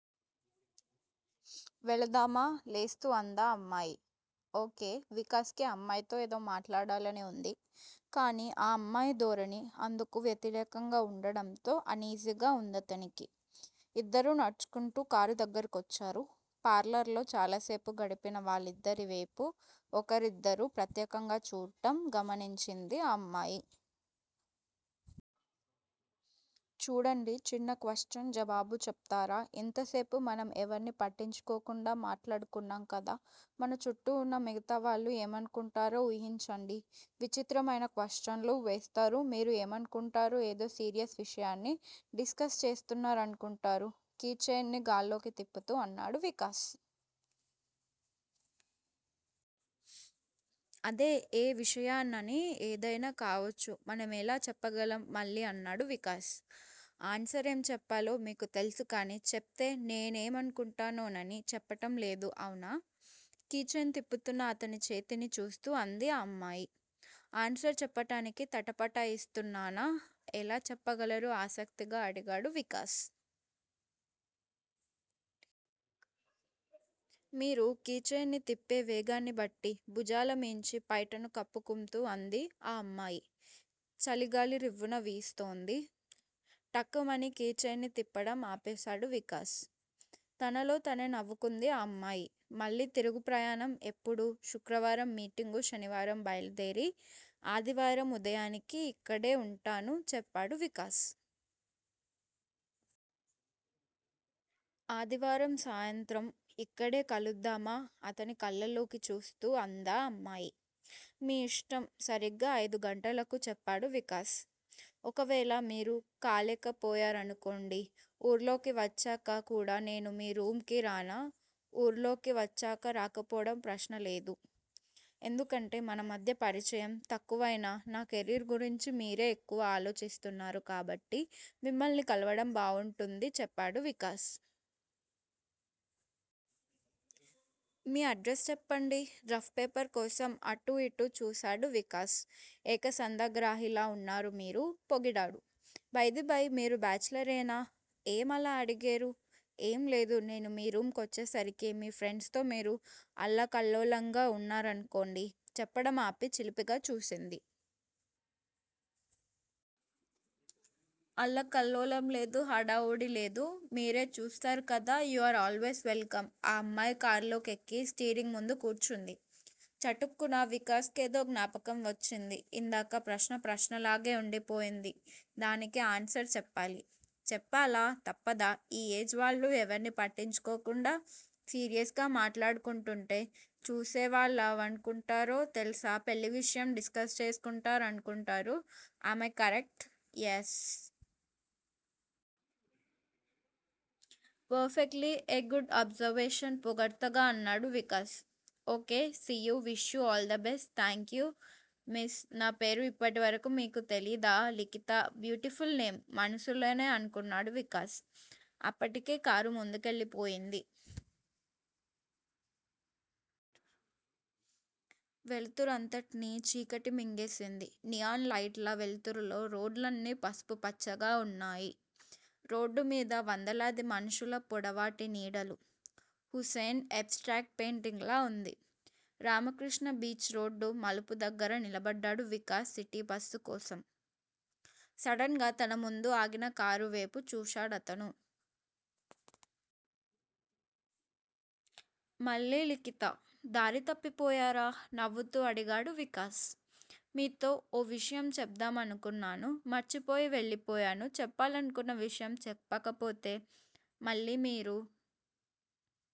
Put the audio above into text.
వెళదామా లేస్తూ అందా అమ్మాయి. ఓ. కె. వికాస్ కి ఆ అమ్మాయితో ఏదో మాట్లాడాలని వుంది. కానీ ఆ అమ్మాయి ధోరణి అందుకు వ్యతిరేకంగా వుండడంతో అనీజీగా వుందతనికి. ఇద్దరూ నడుచుకుంటూ కారు దగ్గరకొచ్చారు. పార్లర్ లో చాలాసేపు గడిపిన వాళ్ళిద్దరివేపు ఒకరిద్దరు ప్రత్యేకంగా చూడటం గమనించింది ఆ అమ్మాయి. చూడండి చిన్న క్వశ్చన్ జవాబు చెప్తారా ఇంతసేపు మనం ఎవర్నీ పట్టించుకోకుండా మాట్లాడుకున్నాం కదా మన చుట్టూ వున్న మిగతావాళ్ళు ఏమనుకుంటారో వూహించండి విచిత్రమైన క్వశ్చన్లు వేస్తారు మీరు ఏమనుకుంటారు ఏదో సీరియస్ విషయాన్ని డిస్ కస్ చేస్తున్నారనుకుంటారు కీ చెయిన్ని గాల్లోకి తిప్పుతూ అన్నాడు వికాస్. అదే ఏ విషయాన్నని ఏదయినా కావచ్చు మనమెలా చెప్పగలం మళ్ళీ అన్నాడు వికాస్. ఆన్సరేం చెప్పాలో మీకు తెల్సు కానీ చెప్తే నేనేమనుకుంటానోనని చెప్పటం లేదు అవునా? కీ చెయిన్ తిప్పుతున్న అతని చేతిని చూస్తూ అంది ఆ అమ్మాయి. ఆన్సర్ చెప్పటానికి తటపటాయిస్తున్నానా ఎలా చెప్పగలరు ఆసక్తిగా అడిగాడు వికాస్. మీరు కీ చెయిన్ ని తిప్పే వేగాన్ని బట్టి భుజాలమీంచి పైటను కప్పుకుమ్తూ అంది ఆ అమ్మాయి చలిగాలి రివ్వున వీస్తోంది. టక్ మని కీ చెయిన్ ని తిప్పడం ఆపేశాడు వికాస్. తనలో తనే నవ్వుకుంది ఆ అమ్మాయి. మళ్ళీ తిరుగు ప్రయాణం ఎప్పుడు శుక్రవారం మీటింగు శనివారం బయలుదేరి, ఆదివారం ఉదయానికి ఇక్కడే వుంటాను చెప్పాడు వికాస్. ఆదివారం సాయంత్రం యిక్కడే కలుద్దామా అతని కళ్ళల్లోకి చూస్తూ అందా అమ్మాయి. మీ యిష్టం సరిగ్గా అయిదు గంటలకు చెప్పాడు వికాస్. ఒకవేళ మీరు కాలేకపోయారనుకొండి ఊర్లోకి వచ్చాక కూడా నేను మీ రూమ్ కి రానా వూర్లోకి వచ్చాక రాకపోవడం ప్రశ్నలేదు. ఎందుకంటే మన మధ్య పరిచయం తక్కువయినా నా కెరీర్ గురించి మీరే ఎక్కువ ఆలోచిస్తున్నారు కాబట్టి మిమ్మల్ని కలవడం బావుంటుంది చెప్పాడు వికాస్. మీ అడ్రస్ చెప్పండి రఫ్ పేపర్ కోసం అటూ యిటూ చూశాడు వికాస్. ఏక సంధాగ్రాహిలా వున్నారు మీరు పొగిడాడు. బైదిబై మీరు బేచిలరేనా ఏం అలా అడిగేరు? ఏం లేదు నేను మీ రూమ్ కొచ్చేసరికి మీ ఫ్రెండ్స్ తో మీరు అల్లకల్లోలంగా వున్నారనుకోండి చెప్పడం ఆపి చిలిపిగా చూసింది. అల్లకల్లోలం లేదు హడావుడీ లేదు మీరే చూస్తారు కదా you are always welcome ఆ అమ్మాయి కార్లోకి ఎక్కి, స్టీరింగ్ ముందు కూర్చుంది. చటుక్కున వికాస్ కేదో జ్ఞాపకం వచ్చింది. ఇందాక ప్రశ్న ప్రశ్నలాగే వుండిపోయింది దానికి ఆన్సర్ చెప్పాలి. చెప్పాలా తప్పదా ఈ ఏజ్ వాళ్ళు, ఎవర్నీ పట్టించుకోకుండా సీరియస్ గా మాట్లాడుకుంటుంటే, చూసేవాళ్ళేవనుకుంటారో తెల్సా పెళ్ళి విషయం డిస్ కస్ చేసుకుంటారనుకుంటారు am I correct yes. Perfectly a good observation పొగడ్తగా అన్నాడు Vikas. Okay. See you wish you all the best thank you miss నా పేరు ఇప్పటివరకూ మీకు తెలీయదా లిఖిత 'బ్యూటిఫుల్ నేమ్' మనసులోనే అనుకున్నాడు వికాస్. అప్పటికే కారు ముందుకెళ్ళిపోయింది. వెలుతురంతట్నీ చీకటి మింగేసింది. నియాన్ లైట్ల వెల్తురులో రోడ్లన్నీ పసుపుపచ్చగా ఉన్నాయి. రోడ్డుమీద వందలాది మనుషుల పొడవాటి నీడలు. హుసేన్ 'ఎబ్ స్ట్రాక్ట్ పెయిటింగ్'లా వుంది. రామకృష్టా బీచ్ రోడ్డు మలుపు దగ్గర నిలబడ్డాడు వికాస్ సిటీ బస్సు కోసం. సడన్ గా తన ముందు ఆగిన కారువేపు చూశాడతను. మళ్ళీ లిఖిత. దారి తప్పిపోయారా నవ్వుతూ అడిగాడు వికాస్. మీతో ఓ విషయం చెప్దామనుకున్నాను మర్చిపోయి వెళ్ళి పోయాను చెప్పాలనుకున్న విషయం చెప్పకపోతే, మళ్ళీ మీరు